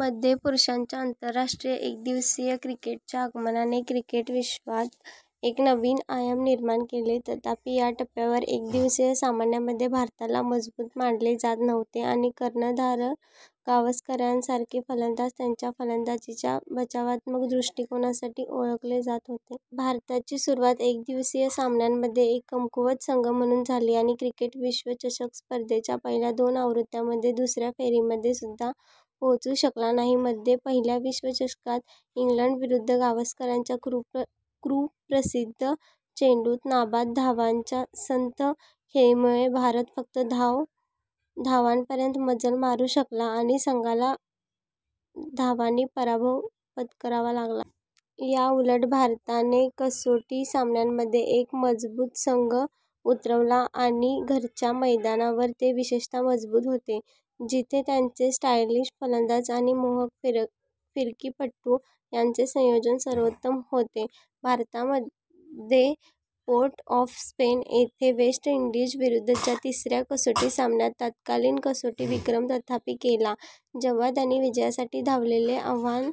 मध्ये पुरुषांच्या आंतरराष्ट्रीय एकदिवसीय क्रिकेट च्या आगमनाने क्रिकेट विश्वात एक नवीन आयाम निर्माण केला. तथापि, या टप्प्यावर एकदिवसीय सामन्यांमध्ये भारताला मजबूत मानले जात नव्हते आणि कर्णधार गावस्करसारखे फलंदाज त्यांच्या फलंदाजीच्या बचावात्मक दृष्टिकोनासाठी ओळखले जात होते. भारताची सुरुवात एकदिवसीय सामन्यांमध्ये एक कमकुवत संघ म्हणून झाली आणि क्रिकेट विश्वचषक स्पर्धेच्या पहिल्या दोन आवृत्त्यांमध्ये दुसऱ्या फेरीमध्ये सुद्धा पोहोचू शकला नाही. मध्ये पहिल्या विश्वचषकात इंग्लंडविरुद्ध गावस्करच्या कुप्रसिद्ध चेंडूत नाबाद धावांच्या संथ खेळीमुळे भारत फक्त बाद धावांपर्यंत मजल मारू शकला आणि संघाला धावांनी पराभव पत्करावा लागला.। याउलट, भारताने कसोटी सामन्यांमध्ये एक मजबूत संघ उतरवला आणि घरच्या मैदानावर ते विशेषतः मजबूत होते, जिथे त्यांचे स्टायलिश फलंदाज आणि मोहक फिरकीपटू यांचे संयोजन सर्वोत्तम होते. भारताने मध्ये पोर्ट-ऑफ-स्पेन येथे वेस्ट इंडीज विरुद्धच्या तिसऱ्या कसोटी सामन्यात तत्कालीन कसोटी विक्रम प्रस्थापित केला, जेव्हा त्यांनी विजयासाठी मिळालेले धावांचे आव्हान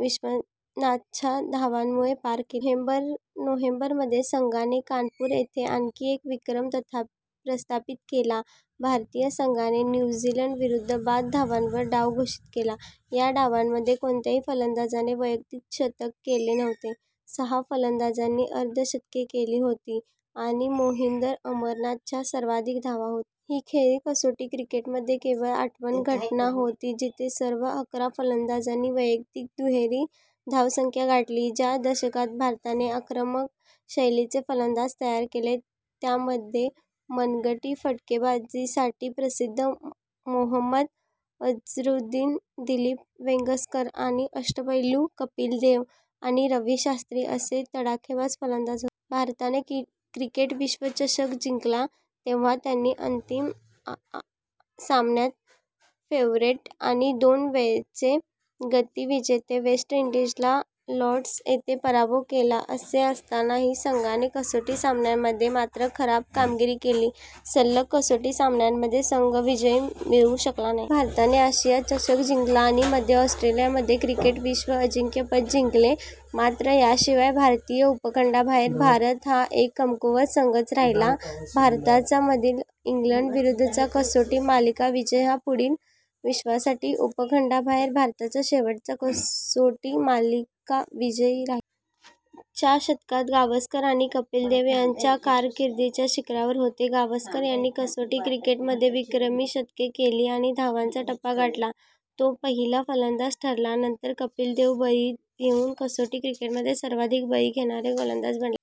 विश्वनाथच्या धावांमुळे पार केले. नोव्हेंबर मध्ये संघाने कानपूर येथे आणखी एक विक्रम प्रस्थापित केला. भारतीय संघाने न्यू झीलंड विरुद्ध बाद धावांवर डाव घोषित केला. ह्या डावामध्ये कोणत्याही फलंदाजाने वैयक्तिक शतक केले नव्हते. सहा फलंदाजांनी अर्धशतके केली होती, आणि मोहिंदर अमरनाथ च्या सर्वाधिक धावा होत्या. ही खेळी कसोटी क्रिकेटमधील केवळ आठवी घटना होती जिथे सर्व अकरा फलंदाजांनी वैयक्तिक दुहेरी धावसंख्या गाठली. च्या दशकात, भारताने आक्रमक शैलीचे फलंदाज तयार केले. ज्यामध्ये मनगटी फटकेबाजीसाठी प्रसिद्ध मोहम्मद अझरुद्दीन, दिलीप वेंगसरकर आणि अष्टपैलू कपिल देव आणि रवी शास्त्री असे तडाखेबाज फलंदाज होते. भारताने क्रिकेट विश्वचषक जिंकला तेव्हा त्यांनी अंतिम सामन्यात फेव्हरिट आणि दोन वेळचे गतविजेते वेस्ट इंडीजचा लॉर्ड्स येथे पराभव केला. असे असतानाही, संघाने कसोटी सामन्यांमध्ये मात्र खराब कामगिरी केली. सलग कसोटी सामन्यांमध्ये संघ विजय मिळवू शकला नाही. मध्ये भारताने आशिया चषक जिंकला आणि मध्ये ऑस्ट्रेलियामध्ये क्रिकेटचे विश्व अजिंक्यपद जिंकले. मात्र याशिवाय भारतीय उपखंडाबाहेर भारत हा एक कमकुवत संघच राहिला. भारताचा मधील इंग्लंड विरुद्धचा कसोटी मालिका विजय हा पुढील वर्षांसाठी उपखंडाबाहेर भारताचा शेवटचा कसोटी मालिका विजय राहिला. च्या दशकात गावस्कर आणि कपिल देव त्यांच्या कारकिर्दीच्या शिखरावर होते. गावस्कर यांनी कसोटी क्रिकेट मध्ये विक्रमी शतके केली आणि धावांचा टप्पा गाठणारा तो पहिला फलंदाज ठरला. नंतर कपिल देव बळी घेऊन कसोटी क्रिकेटमध्ये सर्वाधिक बळी घेणारे गोलंदाज बनले.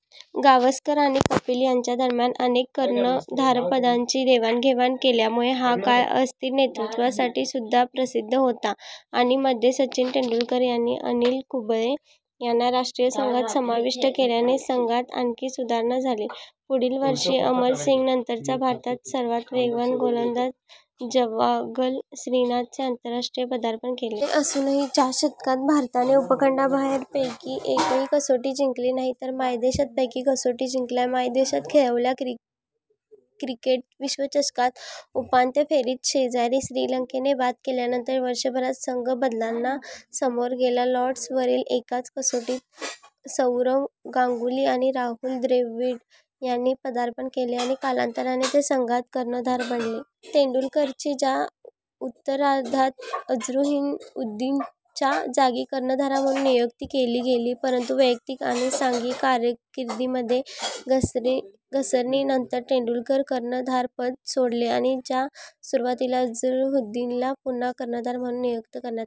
गावसकर आणि कपिल यांच्यादरम्यान अनेकद कर्णधारपदाची देवाणघेवाण केल्यामुळे हा काळ अस्थिर नेतृत्वासाठी सुद्धा प्रसिद्ध होता. आणि मध्ये सचिन तेंडुलकर आणि अनिल कुंबळे यांना राष्ट्रीय संघात समाविष्ट केल्याने संघात आणखी सुधारणा झाली. पुढील वर्षी, अमरसिंगनंतरचा भारताचा सर्वात वेगवान गोलंदाज जवागल श्रीनाथने आंतरराष्ट्रीय पदार्पण केले. असे असूनही, च्या दशकात, भारताने उपखंडाबाहेर पैकी एकही कसोटी जिंकली नाही तर मायदेशात पैकी कसोटी जिंकल्या. मायदेशात खेळवल्या गेलेल्या क्रिकेट विश्वचषक उपांत्य फेरीत शेजारी श्रीलंकेने बाद केल्यानंतर, वर्षभरात संघ बदलांना समोर गेला. लॉर्ड्स वरील एकाच कसोटीत सौरव गांगुली आणि राहुल द्रविड यांनी पदार्पण केले आणि कालांतराने ते संघाचे कर्णधार बनले. तेंडुलकरची च्या उत्तरार्धात अझरुद्दीनच्या जागी कर्णधार म्हणून नियुक्ती केली गेली, परंतु वैयक्तिक आणि सांघिक कामगिरीमध्ये घसरणीनंतर तेंडुलकरने कर्णधारपद सोडले आणि च्या सुरुवातीला अझरुद्दीनला पुन्हा कर्णधार म्हणून नियुक्त करण्यात आले.